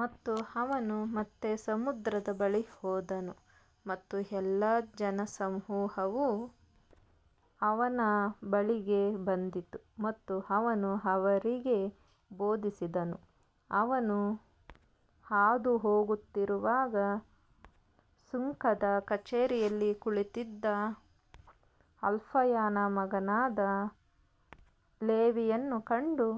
ಮತ್ತು ಅವನು ಮತ್ತೆ ಸಮುದ್ರದ ಬಳಿಗೆ ಹೋದನು, ಮತ್ತು ಎಲ್ಲಾ ಜನಸಮೂಹವು ಅವನ ಬಳಿಗೆ ಬಂದಿತು, ಮತ್ತು ಅವನು ಅವರಿಗೆ ಬೋಧಿಸಿದನು. ಅವನು ಹಾದುಹೋಗುತ್ತಿರುವಾಗ ಸುಂಕದ ಕಚೇರಿಯಲ್ಲಿ ಕುಳಿತಿದ್ದ ಅಲ್ಫಾಯನ ಮಗನಾದ ಲೇವಿಯನ್ನು ಕಂಡು,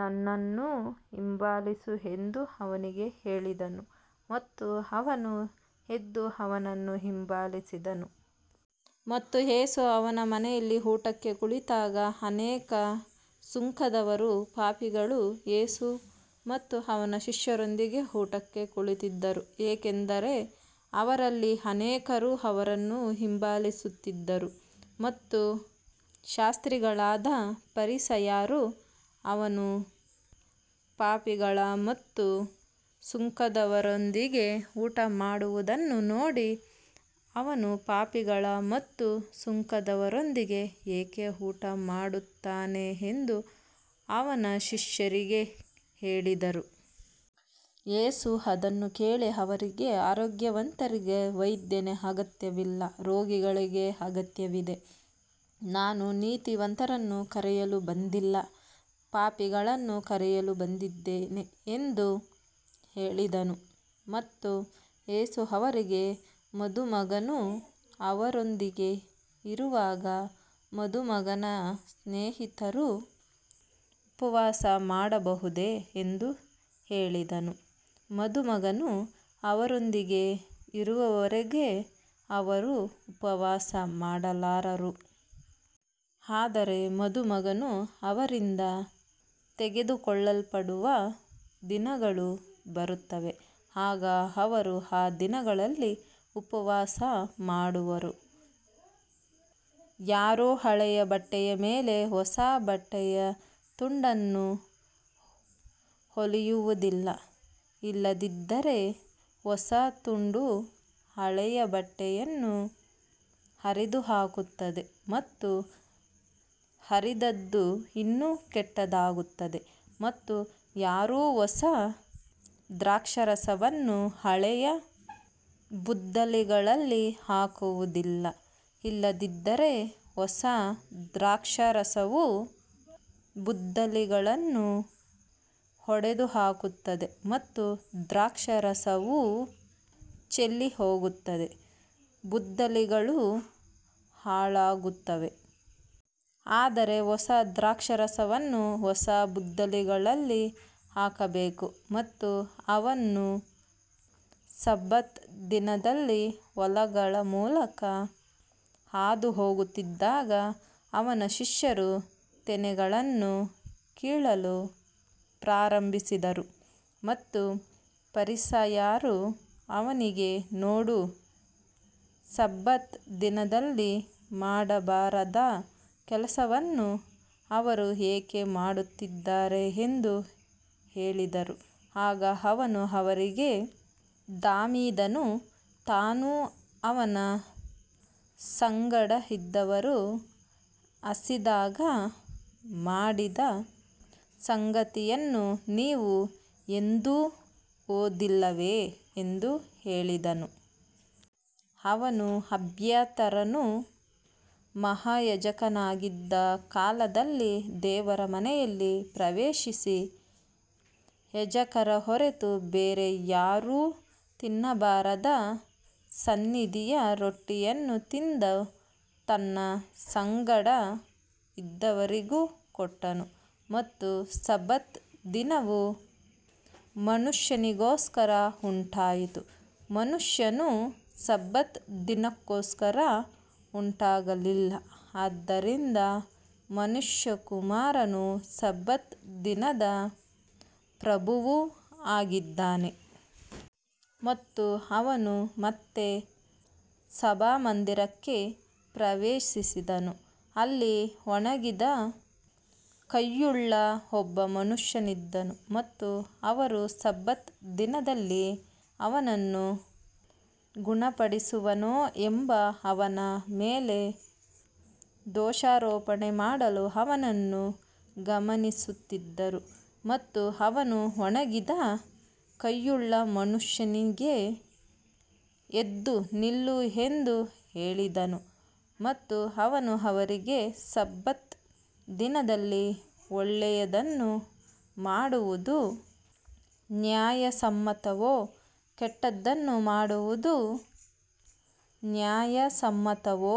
ನನ್ನನ್ನು ಹಿಂಬಾಲಿಸು ಎಂದು ಅವನಿಗೆ ಹೇಳಿದನು. ಮತ್ತು ಅವನು ಎದ್ದು ಅವನನ್ನು ಹಿಂಬಾಲಿಸಿದನು. ಮತ್ತು ಯೇಸು ಅವನ ಮನೆಯಲ್ಲಿ ಊಟಕ್ಕೆ ಕುಳಿತಾಗ, ಅನೇಕ ಸುಂಕದವರೂ ಪಾಪಿಗಳೂ ಯೇಸು ಮತ್ತು ಅವನ ಶಿಷ್ಯರೊಂದಿಗೆ ಊಟಕ್ಕೆ ಕುಳಿತಿದ್ದರು, ಏಕೆಂದರೆ ಅವರಲ್ಲಿ ಅನೇಕರು ಅವನನ್ನು ಹಿಂಬಾಲಿಸುತ್ತಿದ್ದರು. ಮತ್ತು ಶಾಸ್ತ್ರಿಗಳಾದ ಫರಿಸಾಯರು ಅವನು ಪಾಪಿಗಳ ಮತ್ತು ಸುಂಕದವರೊಂದಿಗೆ ಊಟಮಾಡುವುದನ್ನು ನೋಡಿ, ಅವನು ಪಾಪಿಗಳ ಮತ್ತು ಸುಂಕದವರೊಂದಿಗೆ ಏಕೆ ಊಟಮಾಡುತ್ತಾನೆ ಎಂದು ಅವನ ಶಿಷ್ಯರಿಗೆ ಹೇಳಿದರು. ಯೇಸು ಅದನ್ನು ಕೇಳಿ ಅವರಿಗೆ, ಆರೋಗ್ಯವಂತರಿಗೆ ವೈದ್ಯನ ಅಗತ್ಯವಿಲ್ಲ, ರೋಗಿಗಳಿಗೆ ಅಗತ್ಯವಿದೆ, ನಾನು ನೀತಿವಂತರನ್ನು ಕರೆಯಲು ಬಂದಿಲ್ಲ, ಪಾಪಿಗಳನ್ನು ಕರೆಯಲು ಬಂದಿದ್ದೇನೆ ಎಂದು ಹೇಳಿದನು. ಮತ್ತು ಯೇಸು ಅವರಿಗೆ, ಮದುಮಗನು ಅವರೊಂದಿಗೆ ಇರುವಾಗ ಮದುಮಗನ ಸ್ನೇಹಿತರು ಉಪವಾಸ ಮಾಡಬಹುದೇ ಎಂದು ಹೇಳಿದನು. ಮದುಮಗನು ಅವರೊಂದಿಗೆ ಇರುವವರೆಗೆ ಅವರು ಉಪವಾಸ ಮಾಡಲಾರರು. ಆದರೆ ಮದುಮಗನು ಅವರಿಂದ ತೆಗೆದುಕೊಳ್ಳಲ್ಪಡುವ ದಿನಗಳು ಬರುತ್ತವೆ, ಆಗ ಅವರು ಆ ದಿನಗಳಲ್ಲಿ ಉಪವಾಸ ಮಾಡುವರು. ಯಾರೂ ಹಳೆಯ ಬಟ್ಟೆಯ ಮೇಲೆ ಹೊಸ ಬಟ್ಟೆಯ ತುಂಡನ್ನು ಹೊಲಿಯುವುದಿಲ್ಲ, ಇಲ್ಲದಿದ್ದರೆ ಹೊಸ ತುಂಡು ಹಳೆಯ ಬಟ್ಟೆಯನ್ನು ಹರಿದುಹಾಕುತ್ತದೆ ಮತ್ತು ಹರಿದದ್ದು ಇನ್ನೂ ಕೆಟ್ಟದಾಗುತ್ತದೆ. ಮತ್ತು ಯಾರೂ ಹೊಸ ದ್ರಾಕ್ಷಾರಸವನ್ನು ಹಳೆಯ ಬುದ್ದಲಿಗಳಲ್ಲಿ ಹಾಕುವುದಿಲ್ಲ, ಇಲ್ಲದಿದ್ದರೆ ಹೊಸ ದ್ರಾಕ್ಷಾರಸವು ಬುದ್ದಲಿಗಳನ್ನು ಒಡೆದುಹಾಕುತ್ತದೆ, ಮತ್ತು ದ್ರಾಕ್ಷಾರಸವೂ ಚೆಲ್ಲಿಹೋಗುತ್ತದೆ, ಬುದ್ದಲಿಗಳೂ ಹಾಳಾಗುತ್ತವೆ. ಆದರೆ ಹೊಸ ದ್ರಾಕ್ಷಾರಸವನ್ನು ಹೊಸ ಬುದ್ದಲಿಗಳಲ್ಲಿ ಹಾಕಬೇಕು. ಮತ್ತು ಅವನು ಸಬ್ಬತ್ ದಿನದಲ್ಲಿ ಹೊಲಗಳ ಮೂಲಕ ಹಾದುಹೋಗುತ್ತಿದ್ದಾಗ, ಅವನ ಶಿಷ್ಯರು ತೆನೆಗಳನ್ನು ಕೀಳಲು ಪ್ರಾರಂಭಿಸಿದರು. ಮತ್ತು ಫರಿಸಾಯರು ಅವನಿಗೆ, ನೋಡು, ಸಬ್ಬತ್ ದಿನದಲ್ಲಿ ಮಾಡಬಾರದ ಕೆಲಸವನ್ನು ಅವರು ಏಕೆ ಮಾಡುತ್ತಿದ್ದಾರೆ ಎಂದು ಹೇಳಿದರು. ಆಗ ಅವನು ಅವರಿಗೆ, ದಾವೀದನು ತಾನೂ ಅವನ ಸಂಗಡ ಇದ್ದವರೂ ಹಸಿದಾಗ ಮಾಡಿದ ಸಂಗತಿಯನ್ನು ನೀವು ಎಂದೂ ಓದಿಲ್ಲವೇ ಎಂದು ಹೇಳಿದನು. ಅವನು ಅಬ್ಯಾಥರನು ಮಹಾಯಾಜಕನಾಗಿದ್ದ ಕಾಲದಲ್ಲಿ ದೇವರ ಮನೆಯಲ್ಲಿ ಪ್ರವೇಶಿಸಿ, ಯಾಜಕರ ಹೊರತು ಬೇರೆ ಯಾರೂ ತಿನ್ನಬಾರದ ಸನ್ನಿಧಿಯ ರೊಟ್ಟಿಯನ್ನು ತಿಂದು, ತನ್ನ ಸಂಗಡ ಇದ್ದವರಿಗೂ ಕೊಟ್ಟನು. ಮತ್ತು ಸಬ್ಬತ್ ದಿನವು ಮನುಷ್ಯನಿಗೋಸ್ಕರ ಉಂಟಾಯಿತು, ಮನುಷ್ಯನು ಸಬ್ಬತ್ ದಿನಕ್ಕೋಸ್ಕರ ಉಂಟಾಗಲಿಲ್ಲ. ಆದ್ದರಿಂದ ಮನುಷ್ಯಕುಮಾರನು ಸಬ್ಬತ್ ದಿನದ ಪ್ರಭುವೂ ಆಗಿದ್ದಾನೆ. ಮತ್ತು ಅವನು ಮತ್ತೆ ಸಭಾಮಂದಿರಕ್ಕೆ ಪ್ರವೇಶಿಸಿದನು. ಅಲ್ಲಿ ಒಣಗಿದ ಕೈಯುಳ್ಳ ಒಬ್ಬ ಮನುಷ್ಯನಿದ್ದನು. ಮತ್ತು ಅವರು ಸಬ್ಬತ್ ದಿನದಲ್ಲಿ ಅವನನ್ನು ಗುಣಪಡಿಸುವನೋ ಎಂದು ಅವನ ಮೇಲೆ ದೋಷಾರೋಪಣೆ ಮಾಡಲು ಅವನನ್ನು ಗಮನಿಸುತ್ತಿದ್ದರು. ಮತ್ತು ಅವನು ಒಣಗಿದ ಕೈಯುಳ್ಳ ಮನುಷ್ಯನಿಗೆ, ಎದ್ದು ನಿಲ್ಲು ಎಂದು ಹೇಳಿದನು. ಮತ್ತು ಅವನು ಅವರಿಗೆ, ಸಬ್ಬತ್ ದಿನದಲ್ಲಿ ಒಳ್ಳೆಯದನ್ನು ಮಾಡುವುದು ನ್ಯಾಯಸಮ್ಮತವೋ, ಕೆಟ್ಟದ್ದನ್ನು ಮಾಡುವುದು ನ್ಯಾಯಸಮ್ಮತವೋ,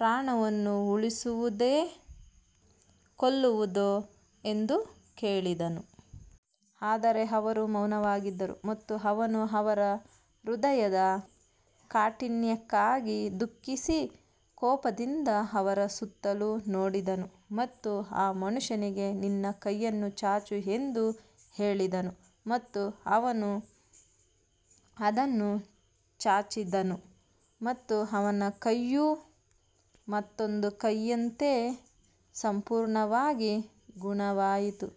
ಪ್ರಾಣವನ್ನು ಉಳಿಸುವುದೋ, ಕೊಲ್ಲುವುದೋ ಎಂದು ಕೇಳಿದನು. ಆದರೆ ಅವರು ಮೌನವಾಗಿದ್ದರು. ಮತ್ತು ಅವನು ಅವರ ಹೃದಯದ ಕಾಠಿಣ್ಯಕ್ಕಾಗಿ ದುಃಖಿಸಿ, ಕೋಪದಿಂದ ಅವರ ಸುತ್ತಲೂ ನೋಡಿದನು ಮತ್ತು ಆ ಮನುಷ್ಯನಿಗೆ, ನಿನ್ನ ಕೈಯನ್ನು ಚಾಚು ಎಂದು ಹೇಳಿದನು. ಮತ್ತು ಅವನು ಅದನ್ನು ಚಾಚಿದನು, ಮತ್ತು ಅವನ ಕೈಯು ಮತ್ತೊಂದು ಕೈಯಂತೆ ಸಂಪೂರ್ಣವಾಗಿ ಗುಣವಾಯಿತು.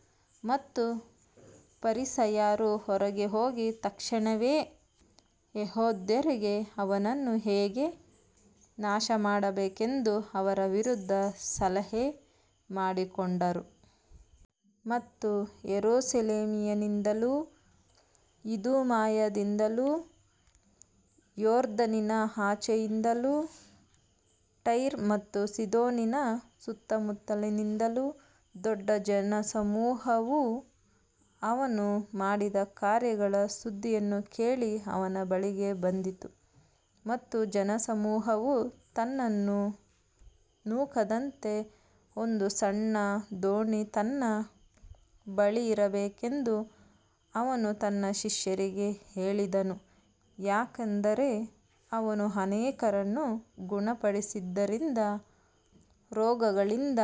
ಮತ್ತು ಫರಿಸಾಯರು ಹೊರಗೆ ಹೋಗಿ, ತಕ್ಷಣವೇ ಹೆರೋದ್ಯರೊಂದಿಗೆ ಅವನನ್ನು ಹೇಗೆ ನಾಶಮಾಡಬೇಕೆಂದು ಅವನ ವಿರುದ್ಧ ಸಲಹೆ ಮಾಡಿಕೊಂಡರು. ಮತ್ತು ಯೆರೂಸಲೇಮಿನಿಂದಲೂ, ಇದೂಮಾಯದಿಂದಲೂ, ಯೊರ್ದಾನಿನ ಆಚೆಯಿಂದಲೂ, ಟೈರ್ ಮತ್ತು ಸೀದೋನಿನ ಸುತ್ತಮುತ್ತಲಿನಿಂದಲೂ ದೊಡ್ಡ ಜನಸಮೂಹವು ಅವನು ಮಾಡಿದ ಕಾರ್ಯಗಳ ಸುದ್ದಿಯನ್ನು ಕೇಳಿ ಅವನ ಬಳಿಗೆ ಬಂದಿತು. ಮತ್ತು ಜನಸಮೂಹವು ತನ್ನನ್ನು ನೂಕದಂತೆ ಒಂದು ಸಣ್ಣ ದೋಣಿ ತನ್ನ ಬಳಿಯಿರಬೇಕೆಂದು ಅವನು ತನ್ನ ಶಿಷ್ಯರಿಗೆ ಹೇಳಿದನು. ಯಾಕಂದರೆ ಅವನು ಅನೇಕರನ್ನು ಗುಣಪಡಿಸಿದ್ದರಿಂದ, ರೋಗಗಳಿಂದ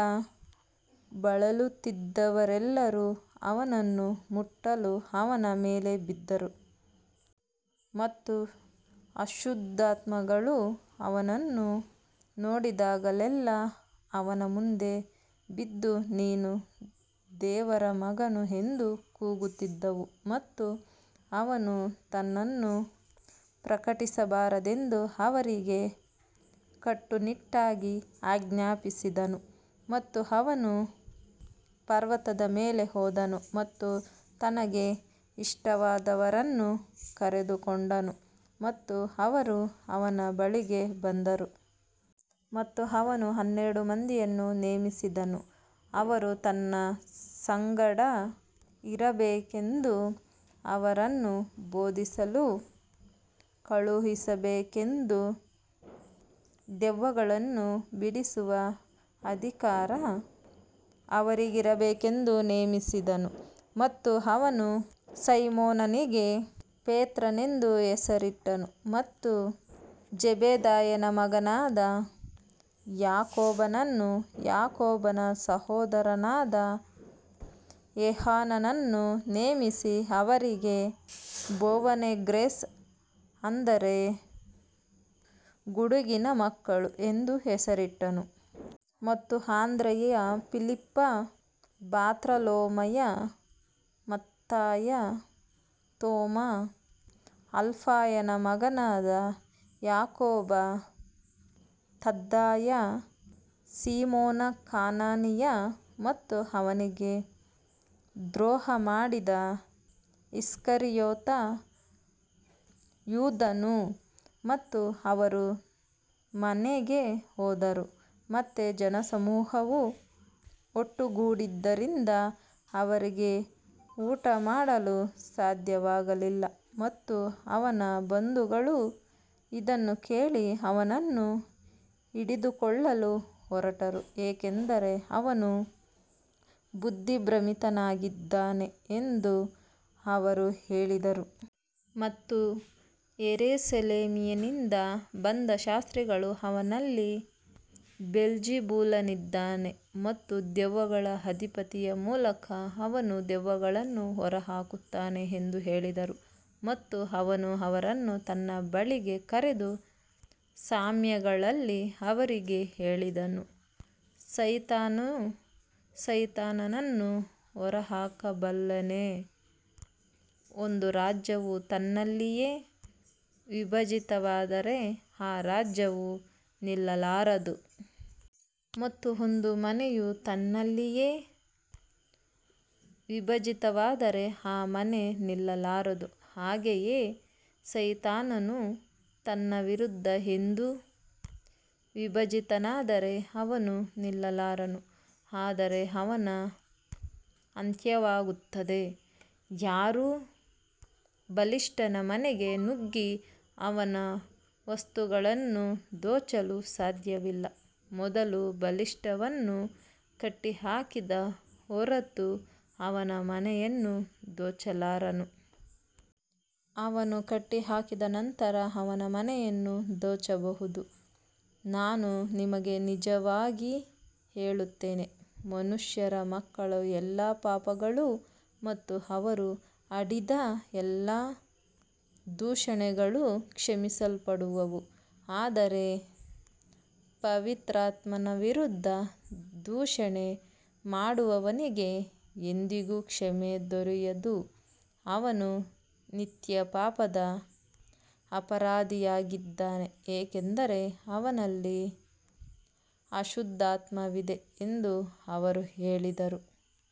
ಬಳಲುತ್ತಿದ್ದವರೆಲ್ಲರೂ ಅವನನ್ನು ಮುಟ್ಟಲು ಅವನ ಮೇಲೆ ಬಿದ್ದರು. ಮತ್ತು ಅಶುದ್ಧಾತ್ಮಗಳು ಅವನನ್ನು ನೋಡಿದಾಗಲೆಲ್ಲಾ ಅವನ ಮುಂದೆ ಬಿದ್ದು, ನೀನು ದೇವರ ಮಗನು ಎಂದು ಕೂಗುತ್ತಿದ್ದವು. ಮತ್ತು ಅವನು ತನ್ನನ್ನು ಪ್ರಕಟಿಸಬಾರದೆಂದು ಅವರಿಗೆ ಕಟ್ಟುನಿಟ್ಟಾಗಿ ಆಜ್ಞಾಪಿಸಿದನು. ಮತ್ತು ಅವನು ಪರ್ವತದ ಮೇಲೆ ಹೋದನು ಮತ್ತು ತನಗೆ ಇಷ್ಟವಾದವರನ್ನು ಕರೆದುಕೊಂಡನು, ಮತ್ತು ಅವರು ಅವನ ಬಳಿಗೆ ಬಂದರು. ಮತ್ತು ಅವನು ಹನ್ನೆರಡು ಮಂದಿಯನ್ನು ನೇಮಿಸಿದನು, ಅವರು ತನ್ನ ಸಂಗಡ ಇರಬೇಕೆಂದೂ ಅವರನ್ನು ಬೋಧಿಸಲು ಕಳುಹಿಸಬೇಕೆಂದೂ, ದೆವ್ವಗಳನ್ನು ಬಿಡಿಸುವ ಅಧಿಕಾರ ಅವರಿಗಿರಬೇಕೆಂದೂ ನೇಮಿಸಿದನು. ಮತ್ತು ಅವನು ಸೈಮೋನನಿಗೆ ಪೇತ್ರನೆಂದು ಹೆಸರಿಟ್ಟನು. ಮತ್ತು ಜೆಬೆದಾಯನ ಮಗನಾದ ಯಾಕೋಬನನ್ನೂ, ಯಾಕೋಬನ ಸಹೋದರನಾದ ಯೋಹಾನನನ್ನೂ ನೇಮಿಸಿ, ಅವರಿಗೆ ಬೋವನೆರ್ಗೆಸ್, ಅಂದರೆ ಗುಡುಗಿನ ಮಕ್ಕಳು ಎಂದು ಹೆಸರಿಟ್ಟನು. ಮತ್ತು ಆಂದ್ರೆಯ, ಫಿಲಿಪ್ಪ, ಬಾರ್ತಲೋಮಾಯ, ಮತ್ತಾಯ, ತೋಮ, ಅಲ್ಫಾಯನ ಮಗನಾದ ಯಾಕೋಬ, ತದ್ದಾಯ, ಸೀಮೋನ ಕನಾನೀಯ, ಮತ್ತು ಅವನಿಗೆ ದ್ರೋಹ ಮಾಡಿದ ಇಸ್ಕರಿಯೋತ ಯೂದನು. ಮತ್ತು ಅವರು ಮನೆಗೆ ಹೋದರು. ಮತ್ತೆ ಜನಸಮೂಹವು ಒಟ್ಟುಗೂಡಿದ್ದರಿಂದ ಅವರಿಗೆ ಊಟಮಾಡಲೂ ಸಾಧ್ಯವಾಗಲಿಲ್ಲ. ಮತ್ತು ಅವನ ಬಂಧುಗಳು ಇದನ್ನು ಕೇಳಿ, ಅವನನ್ನು ಹಿಡಿದುಕೊಳ್ಳಲು ಹೊರಟರು, ಏಕೆಂದರೆ ಅವನು ಬುದ್ಧಿಭ್ರಮಿತನಾಗಿದ್ದಾನೆ ಎಂದು ಅವರು ಹೇಳಿದರು. ಮತ್ತು ಯೆರೂಸಲೇಮಿನಿಂದ ಬಂದ ಶಾಸ್ತ್ರಿಗಳು, ಅವನಲ್ಲಿ ಬೆಲ್ಜೆಬೂಲನಿದ್ದಾನೆ ಮತ್ತು ದೆವ್ವಗಳ ಅಧಿಪತಿಯ ಮೂಲಕ ಅವನು ದೆವ್ವಗಳನ್ನು ಹೊರಹಾಕುತ್ತಾನೆ ಎಂದು ಹೇಳಿದರು. ಮತ್ತು ಅವನು ಅವರನ್ನು ತನ್ನ ಬಳಿಗೆ ಕರೆದು ಸಾಮ್ಯಗಳಲ್ಲಿ ಅವರಿಗೆ ಹೇಳಿದನು, ಸೈತಾನನು ಸೈತಾನನನ್ನು ಹೊರಹಾಕಬಲ್ಲನೆ? ಒಂದು ರಾಜ್ಯವು ತನ್ನಲ್ಲಿಯೇ ವಿಭಜಿತವಾದರೆ ಆ ರಾಜ್ಯವು ನಿಲ್ಲಲಾರದು. ಮತ್ತು ಒಂದು ಮನೆಯು ತನ್ನಲ್ಲಿಯೇ ವಿಭಜಿತವಾದರೆ ಆ ಮನೆ ನಿಲ್ಲಲಾರದು. ಹಾಗೆಯೇ ಸೈತಾನನು ತನ್ನ ವಿರುದ್ಧ ಎದ್ದು ವಿಭಜಿತನಾದರೆ ಅವನು ನಿಲ್ಲಲಾರನು, ಆದರೆ ಅವನ ಅಂತ್ಯವಾಗುತ್ತದೆ. ಯಾರೂ ಬಲಿಷ್ಠನ ಮನೆಗೆ ನುಗ್ಗಿ ಅವನ ವಸ್ತುಗಳನ್ನು ದೋಚಲು ಸಾಧ್ಯವಿಲ್ಲ, ಮೊದಲು ಬಲಿಷ್ಠನನ್ನು ಕಟ್ಟಿಹಾಕಿದ ಹೊರತು ಅವನ ಮನೆಯನ್ನು ದೋಚಲಾರನು. ಅವನು ಕಟ್ಟಿಹಾಕಿದ ನಂತರ ಅವನ ಮನೆಯನ್ನು ದೋಚಬಹುದು. ನಾನು ನಿಮಗೆ ನಿಜವಾಗಿ ಹೇಳುತ್ತೇನೆ, ಮನುಷ್ಯರ ಮಕ್ಕಳ ಎಲ್ಲಾ ಪಾಪಗಳೂ ಮತ್ತು ಅವರು ಆಡಿದ ಎಲ್ಲಾ ದೂಷಣೆಗಳೂ ಕ್ಷಮಿಸಲ್ಪಡುವವು. ಆದರೆ ಪವಿತ್ರಾತ್ಮನ ವಿರುದ್ಧ ದೂಷಣೆ ಮಾಡುವವನಿಗೆ ಎಂದಿಗೂ ಕ್ಷಮೆ ದೊರೆಯದು, ಅವನು ನಿತ್ಯ ಪಾಪದ ಅಪರಾಧಿಯಾಗಿದ್ದಾನೆ. ಏಕೆಂದರೆ ಅವನಲ್ಲಿ ಅಶುದ್ಧಾತ್ಮವಿದೆ ಎಂದು ಅವರು ಹೇಳಿದರು.